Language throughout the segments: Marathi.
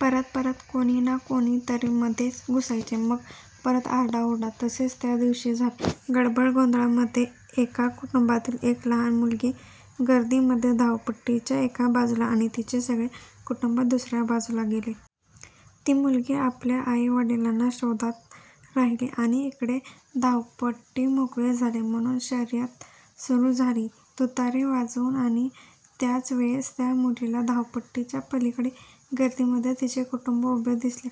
परत परत कोणी ना कोणी तरी मधेच घुसायचे मग परत आरडा ओरडा. तसेच त्या दिवशीही झाले. गडबड गोंधळा मध्ये एका कुटुंबातील एक लहान मुलगी गर्दी मध्ये धावपट्टी च्या एका बाजूला आणि तिचे सगळे कुटुंब दुसऱ्या बाजूला गेले. ती मुलगी आपल्या आई वडिलांना शोधात राहिली आणि इकडे धावपट्टी मोकळी झाली म्हणून शर्यंत सुरु झाली तुतारी वाजवून. आणि त्याच वेळेस त्या मुलीला धावपट्टीच्या पलीकडे गर्दी मध्ये तिचे कुटुंब उभे दिसले.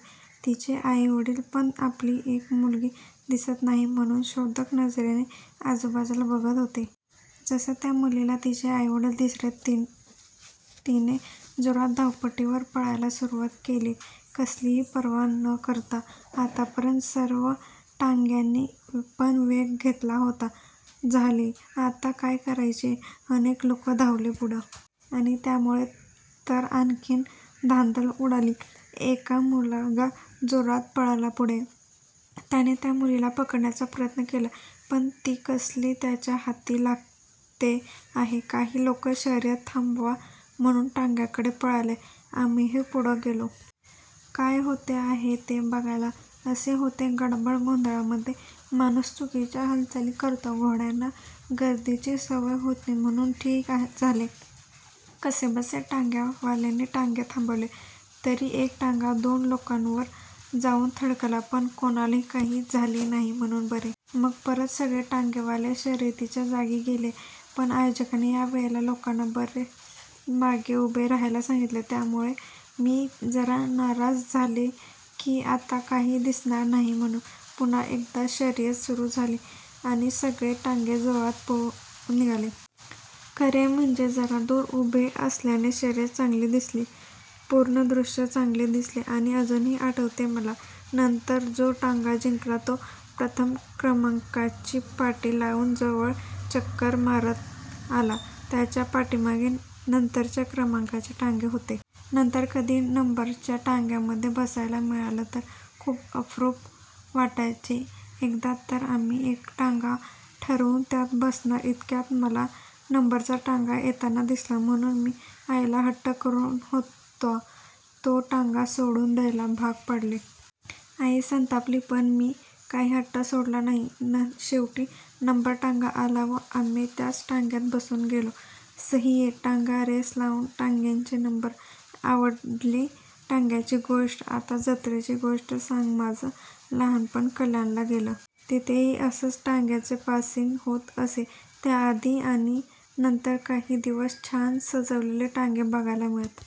तिचे आई वडील पण आपली एक मुलगी दिसत नाही म्हणून शोधक नजरेने आजूबाजूला बघत होते. जसे त्या मुलीला तिचे आईवडील दिसले तिने जोरात धावपट्टी वर पळायला सुरुवात केली कसलीही पर्वा न करता, आता पर्यंत सर्व टांग्यानी पण वेग घेतला होता. झाले. आता काय करायचे. अनेक लोकं धावले पुढे. आणि त्यामुळे तर आणिखीनच धांदल उडाली. एक मुलगा जोरात पळाला पुढे. त्याने त्या मुलीला पकडण्याचा प्रयत्न केला. पण ती कसली त्याच्या हाती लागते आहे. काही लोक शर्यत थांबवा म्हणून टांग्यांकडे पळाले. आम्हीहि पुढे गेलो. काय होते आहे ते बघायला. असे होते गडबड गोधळामध्ये. माणूस चुकीच्या हालचाली करतो. घोड्यांना गर्दीची सवय होती म्हणून ठीक झाले. कसेबसे टांग्या वाल्यांनी टांगे थांबविले. तरी एक टांगा दोन लोकांवर जाऊन धडकला पण कोणालाही काही झाले नाही म्हणून बरे. मग परत सगळे टांगेवाले शर्यतीच्या जागी गेले. पण आयोजकांनी या वेळेला लोकांना बरेच मागे उभे राहायला सांगितले. त्या मुळे मी जरा नाराज झाले कि आता काही दिसणार नाही म्हणून. पुन्हा एकदा शर्यत सुरु झाली आणि सगळे टांगे जोरात निघाले. खरे म्हणजे जरा दूर उभे असल्याने शर्यत चांगली दिसली. पूर्ण दृश्य चांगले दिसले आणि अजूनही आठवते मला. नंतर जो टांगा जिंकला तो प्रथम क्रमांकाची पाटी लावून जवळ चक्कर मारीत आला. त्याच्या पाठीमागे नंतरच्या क्रमाने टांगे होते. नंतर कधी नंबरच्या टांग्यामध्ये बसायला मिळालं तर खूप अप्रूप वाटायचे. एकदा तर आम्ही एक टांगा ठरवून त्यात बसणार इतक्यात मला नंबरचा टांगा येताना दिसला म्हणून मी आईला हट्ट करून होता तो टांगा सोडून द्यायला भाग पाडले. आई संतांपली पण मी काही हट्ट सोडला नाही. शेवटी नंबर टांगा आला व आम्ही त्याच टांग्यात बसून गेलो. सहिये टांगा रेस लावून टांग्यांचे नंबर.. आवडली टांग्याची गोष्ट, आता जत्रेची गोष्ट सांगमाझं लहानपण कल्याणला गेलं. तिथेही असंच टांग्यांचं पासिंग होत असे. त्याआधी आणि नंतर काही दिवस छान सजवलेले टांगे बघायला मिळत.